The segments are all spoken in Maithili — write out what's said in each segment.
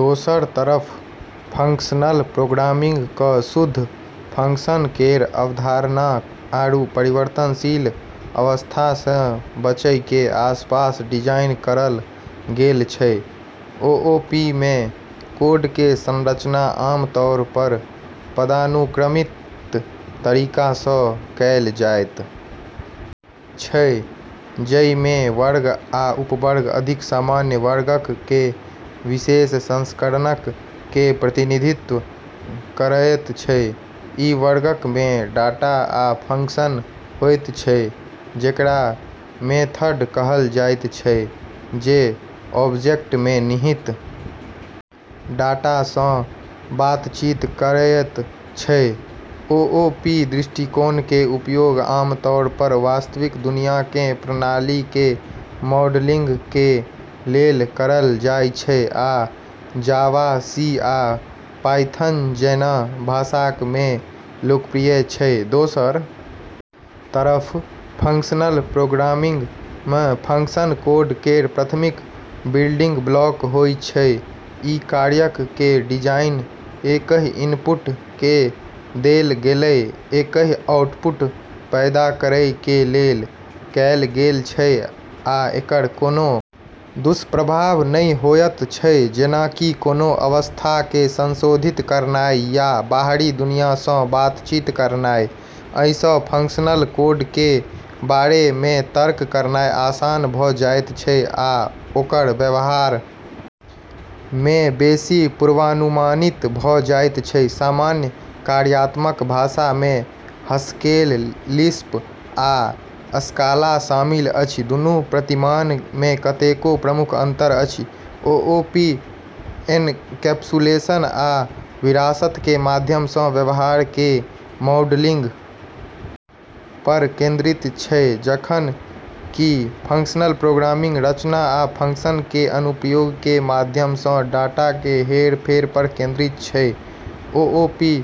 दोसरऽ तरफ फंक्शनल प्रोग्रामिंग क॑ शुद्ध फंक्शन केरऽ अवधारणा आरू परिवर्तनशील अवस्था स॑ बचै के आसपास डिजाइन करलऽ गेलऽ छै। ओओपी मे कोड कें संरचना आम तौर पर पदानुक्रमित तरीका सं कैल जायत छै, जइ मे वर्ग आ उपवर्ग अधिक सामान्य वर्गक कें विशेष संस्करणक कें प्रतिनिधित्व करयत छै, इ वर्गक मे डाटा आ फंक्शन होयत छै जेकरा मेथड कहल जायत छै जे ऑब्जेक्ट मे निहित डाटा सं बातचीत करयत छै, ओओपी दृष्टिकोण कें उपयोग आमतौर पर वास्तविक दुनिया कें प्रणाली कें मॉडलिंग कें लेल करल जाय छै आ जावा, सी आ पायथन जैना भाषाक मे लोकप्रिय छै, दोसरऽ तरफ, फंक्शनल प्रोग्रामिंग म॑ फंक्शन कोड केरऽ प्राथमिक बिल्डिंग ब्लॉक होय छै, ई कार्यक कें डिजाइन एकहि इनपुट कें देल गेलय एकहि आउटपुट पैदा करय कें लेल कैल गेल छै आ एकर कोनों दुष्प्रभाव नहि होयत छै जेना कि कोनों अवस्था कें संशोधित करनाय या बाहरी दुनिया सं बातचीत करनाय, अइ सं फंक्शनल कोड कें बारे मे तर्क करनाय आसान भ जायत छै आ ओकर व्यवहार मे बेसि पूर्वानुमानित भ जायत छै, सामान्य कार्यात्मक भाषा मे हास्केल, लिस्प आ स्काला शामिल अछि, दुनू प्रतिमान मे कतेको प्रमुख अंतर अछि, ओओपी एनकैप्सुलेशन आ विरासत कें माध्यम सं व्यवहार कें मॉडलिंग पर केंद्रित छै जखन कि फंक्शनल प्रोग्रामिंग रचना आ फंक्शन कें अनुप्रयोग कें माध्यम सं डाटा कें हेरफेर पर केंद्रित छै, ओओपी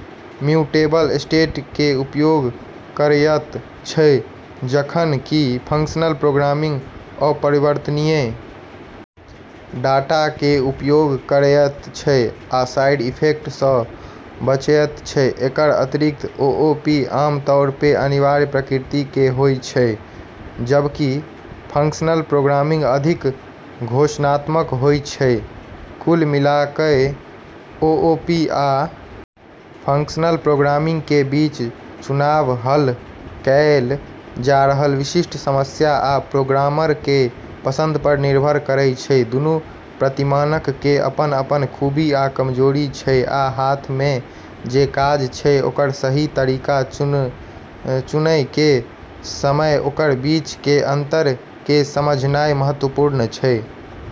म्यूटेबल स्टेट कें उपयोग करयत छै जखन कि फंक्शनल प्रोग्रामिंग अपरिवर्तनीय डाटा कें उपयोग करयत छै आ साइड इफेक्ट सं बचयत छै, एकरऽ अतिरिक्त, ओओपी आम तौर पे अनिवार्य प्रकृति के होय छै, जबकि फंक्शनल प्रोग्रामिंग अधिक घोषणात्मक होय छै, कुल मिलाकय ओओपी आ फंक्शनल प्रोग्रामिंग कें बीच चुनाव हल कैल जा रहल विशिष्ट समस्या आ प्रोग्रामर कें पसंद पर निर्भर करय छै, दुनू प्रतिमानक कें अपन-अपन खूबी आ कमजोरी छै आ हाथ मे जे काज छै ओकर सही तरीका चुनय कें समय ओकर बीच कें अंतर कें समझनाय महत्वपूर्ण छै।